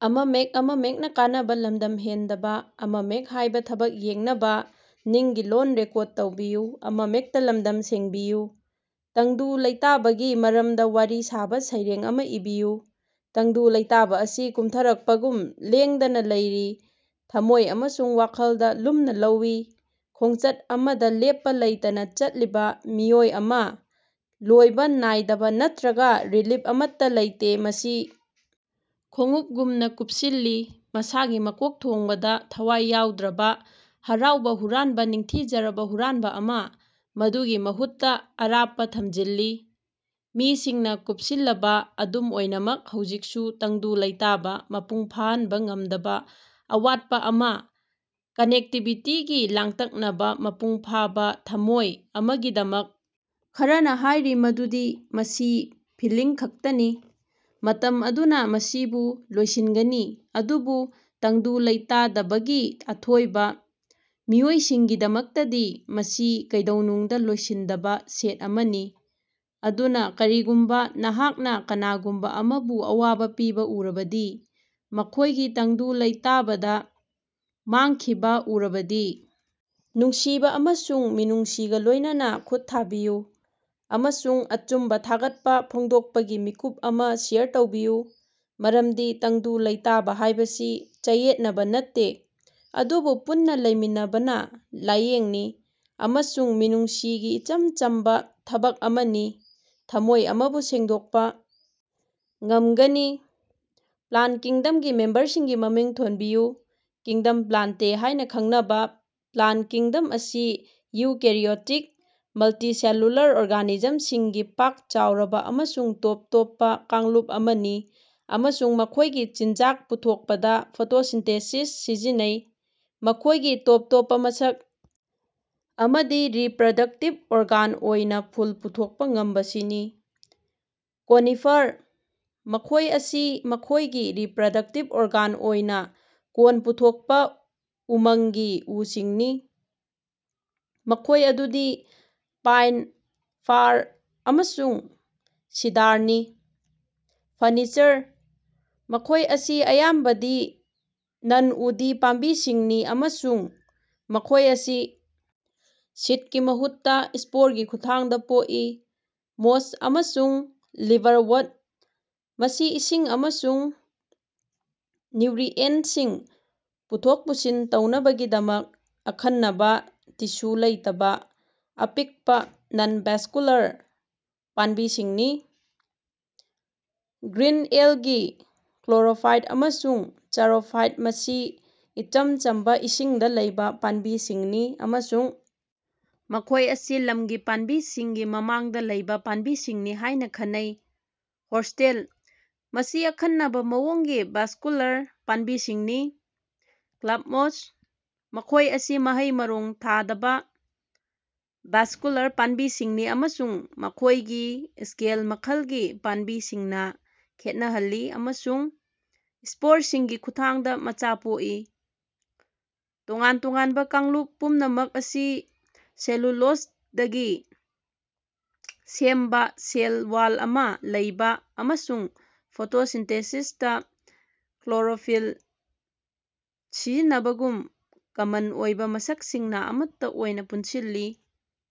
ꯇꯪꯗꯨ ꯂꯩꯇꯥꯕꯒꯤ ꯃꯔꯝꯗ ꯋꯥꯔꯤ ꯁꯥꯕ ꯁꯩꯔꯦꯡ ꯑꯃꯥ ꯏꯕꯤꯌꯨ꯫ ꯇꯪꯗꯨ ꯂꯩꯇꯥꯕ ꯑꯁꯤ ꯀꯨꯝꯊꯔꯛꯄꯒꯨꯝ ꯂꯦꯡꯗꯅꯥ ꯂꯩꯔꯤ, ꯊꯝꯃꯣꯏ ꯑꯃꯁꯨꯡ ꯋꯥꯈꯜꯗ ꯂꯨꯝꯅ ꯂꯧꯏ, ꯈꯣꯡꯆꯠ ꯑꯃꯗ ꯂꯦꯞꯄ ꯂꯩꯇꯅ ꯆꯠꯂꯤꯕ ꯃꯤꯑꯣꯏ ꯑꯃ, ꯂꯣꯏꯕ ꯅꯥꯏꯗꯕ ꯅꯠꯇ꯭ꯔꯒ ꯔꯤꯂꯤꯐ ꯑꯃꯠꯇ ꯂꯩꯇꯦ꯫ ꯃꯁꯤ ꯈꯣꯡꯎꯞꯒꯨꯝꯅ ꯀꯨꯞꯁꯤꯜꯂꯤ, ꯃꯁꯥꯒꯤ ꯃꯀꯣꯛꯊꯣꯡꯕꯗ ꯊꯋꯥꯏ ꯌꯥꯎꯗ꯭ꯔꯕ, ꯍꯔꯥꯎꯕ ꯍꯨꯔꯥꯟꯕ ꯅꯤꯡꯊꯤꯖꯔꯕ ꯍꯨꯔꯥꯟꯕ ꯑꯃ, ꯃꯗꯨꯒꯤ ꯃꯍꯨꯠꯇ ꯑꯔꯥꯞꯄ ꯊꯝꯖꯤꯜꯂꯤ꯫ ꯃꯤꯁꯤꯡꯅ ꯀꯨꯞꯁꯤꯜꯂꯕ, ꯑꯗꯨꯝ ꯑꯣꯏꯅꯃꯛ ꯍꯧꯖꯤꯛꯁꯨ ꯇꯪꯗꯨ ꯂꯩꯇꯥꯕ, ꯃꯄꯨꯡ ꯐꯥꯍꯟꯕ ꯉꯝꯗꯕ ꯑꯋꯥꯠꯄ ꯑꯃꯥ, ꯀꯅꯦꯛꯇꯤꯕꯤꯇꯤꯒꯤ ꯂꯥꯡꯇꯛꯅꯕꯥ, ꯃꯄꯨꯡ ꯐꯥꯕꯥ ꯊꯝꯃꯣꯏ ꯑꯃꯒꯤꯗꯃꯛ꯫ ꯈꯔꯅꯥ ꯍꯥꯏꯔꯤ ꯃꯗꯨꯗꯤ ꯃꯁꯤ ꯐꯤꯜꯂꯤꯡ ꯈꯛꯇꯅꯤ, ꯃꯇꯝ ꯑꯗꯨꯅ ꯃꯁꯤꯕꯨ ꯂꯣꯏꯁꯤꯟꯒꯅꯤ, ꯑꯗꯨꯕꯨ ꯇꯪꯗꯨ ꯂꯩꯇꯥꯗꯕꯒꯤ ꯑꯊꯣꯏꯕ ꯃꯤꯑꯣꯏꯁꯤꯡꯒꯤꯗꯃꯛꯇꯗꯤ ꯃꯁꯤ ꯀꯩꯗꯧꯅꯨꯡꯗ ꯂꯣꯏꯁꯤꯟꯗꯕ ꯁ‌ꯦꯠ ꯑꯃꯅꯤ꯫ ꯑꯗꯨꯅ ꯀꯔꯤꯒꯨꯝꯕ ꯅꯍꯥꯛꯅ ꯀꯅꯥꯒꯨꯝꯕ ꯑꯃꯕꯨ ꯑꯋꯥꯕ ꯄꯤꯕ ꯎꯔꯕꯗꯤ, ꯃꯈꯣꯏꯒꯤ ꯇꯪꯗꯨ ꯂꯩꯇꯥꯕꯗ ꯃꯥꯡꯈꯤꯕ ꯎꯔꯕꯗꯤ, ꯅꯨꯡꯁꯤꯕ ꯑꯃꯁꯨꯡ ꯃꯤꯅꯨꯡꯁꯤꯒ ꯂꯣꯏꯅꯅꯥ ꯈꯨꯠ ꯊꯥꯕꯤꯌꯨ, ꯑꯃꯁꯨꯡ ꯑꯆꯨꯝꯕ ꯊꯥꯒꯠꯄ ꯐꯣꯡꯗꯣꯛꯄꯒꯤ ꯃꯤꯀꯨꯞ ꯑꯃ ꯁꯦꯌꯔ ꯇꯧꯕꯤꯌꯨ꯫ ꯃꯔꯝꯗꯤ ꯇꯪꯗꯨ ꯂꯩꯇꯥꯕ ꯍꯥꯏꯕꯁꯤ ꯆꯌꯦꯠꯅꯕꯥ ꯅꯠꯇꯦ, ꯑꯗꯨꯕꯨ ꯄꯨꯟꯅ ꯂꯩꯃꯤꯟꯅꯕꯅ ꯂꯥꯌꯦꯡꯅꯤ, ꯑꯃꯁꯨꯡ ꯃꯤꯅꯨꯡꯁꯤꯒꯤ ꯏꯆꯝ ꯆꯝꯕ ꯊꯕꯛ ꯑꯃꯅꯤ, ꯊꯝꯃꯣꯏ ꯑꯃꯕꯨ ꯁꯦꯡꯗꯣꯛꯄ ꯉꯝꯒꯅꯤ꯫ ꯄ꯭ꯂꯥꯟ ꯀꯤꯡꯗꯝꯒꯤ ꯃꯦꯝꯕꯔꯁꯤꯡꯒꯤ ꯃꯃꯤꯡ ꯊꯣꯟꯕꯤꯌꯨ꯫ ꯀꯤꯡꯗꯝ ꯄ꯭ꯂꯥꯟꯇꯦ ꯍꯥꯏꯅꯥ ꯈꯪꯅꯕ ꯄ꯭ꯂꯥꯟ ꯀꯤꯡꯗꯝ ꯑꯁꯤ ꯏꯎꯀꯦꯔꯤꯑꯣꯇꯤꯛ, ꯃꯜꯇꯤꯁꯦꯂꯨꯂꯥꯔ ꯑꯣꯔꯒꯥꯅꯤꯖꯝꯁꯤꯡꯒꯤ ꯄꯥꯛ ꯆꯥꯎꯔꯕ ꯑꯃꯁꯨꯡ ꯇꯣꯞ ꯇꯣꯞꯄ ꯀꯥꯡꯂꯨꯞ ꯑꯃꯅꯤ ꯑꯃꯁꯨꯡ ꯃꯈꯣꯏꯒꯤ ꯆꯤꯟꯖꯥꯛ ꯄꯨꯊꯣꯛꯄꯗ ꯐꯣꯇꯣꯁꯤꯟꯊꯦꯁꯤꯁ ꯁꯤꯖꯤꯟꯅꯩ꯫ ꯃꯈꯣꯏꯒꯤ ꯇꯣꯞ ꯇꯣꯞꯄ ꯃꯁꯛ ꯑꯃꯗꯤ ꯔꯤꯄꯔꯗꯛꯇꯤꯚ ꯑꯣꯔꯒꯥꯟ ꯑꯣꯏꯅ ꯐꯨꯜ ꯄꯨꯊꯣꯛꯄ ꯉꯝꯕꯁꯤꯅꯤ꯫ ꯀꯣꯅꯤꯐꯔ: ꯃꯈꯣꯏ ꯑꯁꯤ ꯃꯈꯣꯏꯒꯤ ꯔꯤꯄꯔꯗꯛꯇꯤꯚ ꯑꯣꯔꯒꯥꯟ ꯑꯣꯏꯅ ꯀꯣꯟ ꯄꯨꯊꯣꯛꯄꯥ ꯎꯃꯪꯒꯤ ꯎꯁꯤꯡꯅꯤ, ꯃꯈꯣꯏ ꯑꯗꯨꯗꯤ ꯄꯥꯏꯟ, ꯐꯥꯔ, ꯑꯃꯁꯨꯡ ꯁꯤꯗꯥꯔꯅꯤ꯫ ꯐꯔꯅꯤꯆꯔ: ꯃꯈꯣꯏ ꯑꯁꯤ ꯑꯌꯥꯝꯕꯗꯤ ꯅꯟ-ꯎꯗꯤ ꯄꯥꯝꯕꯤꯁꯤꯡꯅꯤ ꯑꯃꯁꯨꯡ ꯃꯈꯣꯏ ꯑꯁꯤ ꯁꯤꯗꯀꯤ ꯃꯍꯨꯠꯇ, ꯁ꯭ꯄꯣꯔꯒꯤ ꯈꯨꯠꯊꯥꯡꯗ ꯄꯣꯛꯏ꯫ ꯃꯣꯁ ꯑꯃꯁꯨꯡ ꯂꯤꯚꯔꯋꯔꯠ: ꯃꯁꯤ ꯏꯁꯤꯡ ꯑꯃꯁꯨꯡ ꯅ꯭ꯌꯨꯠꯔꯤꯑꯦꯟꯇꯁꯤꯡ ꯄꯨꯊꯣꯛ ꯄꯨꯁꯤꯟ ꯇꯧꯅꯕꯒꯤꯗꯃꯛ ꯑꯈꯟꯅꯕꯥ ꯇꯤꯁ꯭ꯌꯨ ꯂꯩꯇꯕꯥ ꯑꯄꯤꯛꯄꯥ, ꯅꯟ-ꯚꯦꯁꯀꯨꯂꯥꯔ ꯄꯥꯝꯕꯤꯁꯤꯡꯅꯤ꯫ ꯒ꯭ꯔꯤꯟ ꯑꯦꯜꯒꯤ ꯀ꯭ꯂꯣꯔꯣꯐꯥꯏꯇꯥ ꯑꯃꯁꯨꯡ ꯆꯔꯣꯐꯥꯏꯇꯥ ꯃꯁꯤ ꯏꯆꯝ ꯆꯝꯕ, ꯏꯁꯤꯡꯗ ꯂꯩꯕ ꯄꯥꯝꯕꯤꯁꯤꯡꯅꯤ ꯑꯃꯁꯨꯡ ꯃꯈꯣꯏ ꯑꯁꯤ ꯂꯝꯒꯤ ꯄꯥꯝꯕꯤꯁꯤꯡꯒꯤ ꯃꯃꯥꯡꯗ ꯂꯩꯕꯥ ꯄꯥꯝꯕꯤꯁꯤꯡꯅꯤ ꯍꯥꯏꯅ ꯈꯟꯅꯩ꯫ ꯍꯣꯔꯁꯇꯦꯜ: ꯃꯁꯤ ꯑꯈꯟꯅꯕ ꯃꯑꯣꯡꯒꯤ ꯚꯦꯁꯀꯨꯂꯥꯔ ꯄꯥꯝꯕꯤꯁꯤꯡꯅꯤ꯫ ꯀ꯭ꯂꯕꯃꯣꯁ: ꯃꯈꯣꯏ ꯑꯁꯤ ꯃꯍꯩ-ꯃꯔꯣꯡ ꯊꯥꯗꯕ, ꯚꯦꯁꯀꯨꯂꯥꯔ ꯄꯥꯝꯕꯤꯁꯤꯡꯅꯤ ꯑꯃꯁꯨꯡ ꯃꯈꯣꯏꯒꯤ ꯁ꯭ꯀꯦꯜ ꯃꯈꯜꯒꯤ ꯄꯥꯝꯕꯤꯁꯤꯡꯅ ꯈꯦꯠꯅꯍꯜꯂꯤ ꯑꯃꯁꯨꯡ ꯁ꯭ꯄꯣꯔꯁꯤꯡꯒꯤ ꯈꯨꯠꯊꯥꯡꯗ ꯃꯆꯥ ꯄꯣꯛꯏ꯫ ꯇꯣꯉꯥꯟ ꯇꯣꯉꯥꯟꯕ ꯀꯥꯡꯂꯨꯞ ꯄꯨꯝꯅꯃꯛ ꯑꯁꯤ ꯁꯦꯂꯨꯂꯣꯖꯗꯒꯤ ꯁꯦꯝꯕ ꯁꯦꯜ ꯋꯥꯜ ꯑꯃꯥ ꯂꯩꯕ ꯑꯃꯁꯨꯡ ꯐꯣꯇꯣꯁꯤꯟꯊꯦꯁꯤꯁꯇ ꯀ꯭ꯂꯣꯔꯣꯐꯤꯜ ꯁꯤꯖꯤꯟꯅꯕꯒꯨꯝꯕ ꯀꯃꯟ ꯑꯣꯏꯕꯥ ꯃꯁꯛꯁꯤꯡꯅ ꯑꯃꯠꯇ ꯑꯣꯏꯅ ꯄꯨꯟꯁꯤꯜꯂꯤ꯫